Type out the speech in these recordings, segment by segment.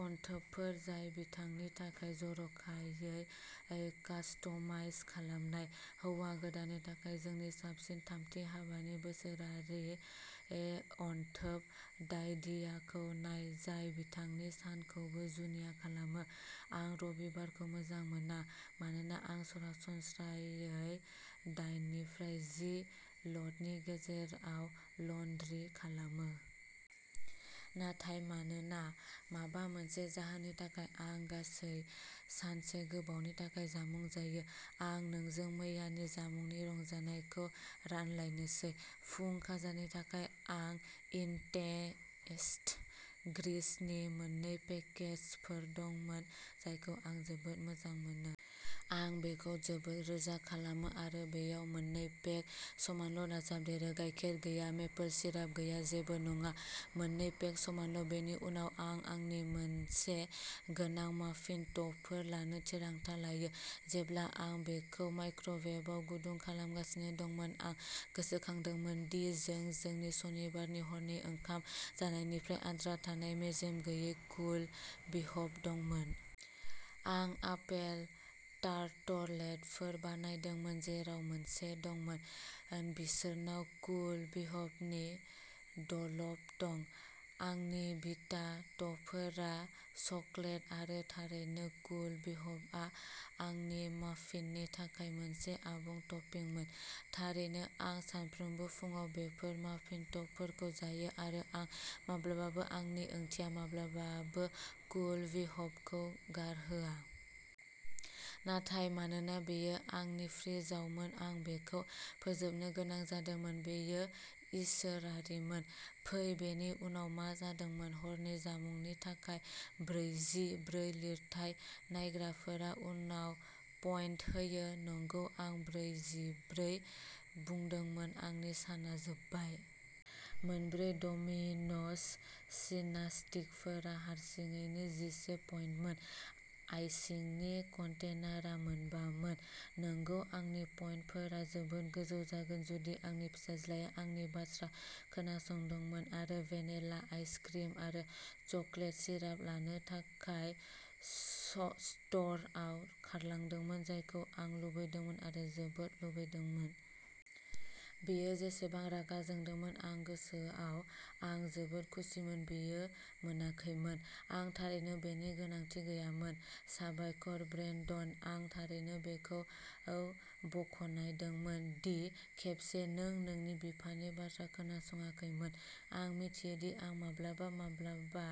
अनथोबफोर जाय बिथांनि थाखाय जर'खायै कास्टमाइज खालामनाय। हौवा गोदाननि थाखाय जोंनि साबसिन थामथि हाबानि बोसोरारि ए अनथोब आइडियाखौ नाय जाय बिथांनि सानखौबो जुनिया खालामो। आं रबिबारखौ मोजां मोना। मानोना आं सरासनस्रायै दाइननिफ्राय जि ल'डनि गेजेराव लन्ड्रि खालामो। नाथाय मानोना माबा मोनसे जाहोननि थाखाय आं गासै सानसे गोबावनि थाखाय जामुं जायो। आं नोंजों मैयानि जामुंनि रंजानायखौ रानलायनोसै। फुं खाजानि थाखाय आं इन्स्टेन्ट ग्रिट्सनि मोन्नै पेकेजफोर दंमोन जायखौ आं जोबोद मोजां मोनो। आं बेखौ जोबोद रोजा खालामो आरो बेयाव मोननै पेक समानल' दाजाबदेरो। गाइखेर गैया। मेपल सिराप गैया। जेबो नङा। मोननै पेक समानल'। बेनि उनाव आं आंनि मोनसे गोनां माफिन टपफोर लानो थिरांथा लायो। जेब्ला आं बेखौ माइक्र'वेभआव गुदुं खालामगासिनो दंमोन आं गोसोखांदोंमोन दि जों जोंनि सनिबारनि हरनि ओंखाम जानायनिफ्राय आद्रा थानाय मेजेम गैयै कुल व्हिप दंमोन। आं आपेल टार्टलेटफोर बानायदोंमोन जेराव मोनसे दंमोन। बिसोरनाव कुल व्हिपनि द'ल'प दं। आंनि भिटा टपफोरा चकलेट आरो थारैनो कुल व्हिपआ आंनि माफिननि थाखाय मोनसे आबुं टपिंमोन। थारैनो आं सानफ्रोमबो फुंआव बेफोर माफिन टपफोरखौ जायो आरो आं माब्लाबाबो आंनि ओंथिया माब्लाबाबो कुल व्हिपखौ गारहोया। नाथाय मानोना बेयो आंनि फ्रिजआवमोन आं बेखौ फोजोबनो गोनां जादोंमोन। बेयो इसोरारिमोन। फै बेनि उनाव मा जादोंमोन। हरनि जामुंनि थाखाय ब्रैजि ब्रै लिरथाय नायग्राफोरा उनाव पइन्ट होयो नंगौ आं बैजिब्रै बुंदोंमोन आंनि साना जोबबाय। मोनब्रै डमिन'स सिनास्टिकफोरा हारसिङैनो जिसे पइन्टमोन। आइसिंनि कन्टेनारआ मोनबामोन। नंगौ आंनि पइन्टफोरा जोबोद गोजौ जागोन जुदि आंनि फिसाज्लाया आंनि बाथ्रा खोनासंदोंमोन आरो भेनिला आइसक्रिम आरो चकलेट सिराप लानो थाखाय स्ट'रआव खारलांदोंमोन जायखौ आं लुबैदोंमोन आरो जोबोद लुबैदोंमोन। बियो जेसेबां रागा जोंदोंमोन आं गोसोआव आं जोबोद खुसिमोन बियो मोनाखैमोन। आं थारैनो बेनि गोनांथि गैयामोन। साबायखर ब्रेन्डन आं थारैनो बेखौ बाखनायदोंमोन दि खेबसे नों नोंनि बिमानि बाथ्रा खोनासङाखैमोन। आं मिथियो दि आं माब्लाबा माब्लाबा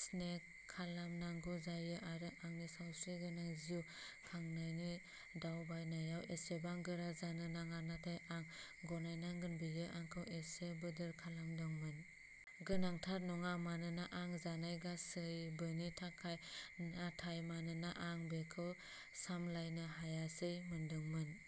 स्नेक खालामनांगौ जायो आरो आंनि सावस्रिगोनां जिउ खांनायनि दावबायनायाव एसेबां गोरा जानो नाङा नाथाय आं गनायनांगोन बेयो आंखौ एसे बोदोर खालामदोंमोन। गोनांथार नङा मानोना आं जानाय गासैबोनि थाखाय नाथाय मानोना आं बेखौ सामलायनो हायासै मोनदोंमोन।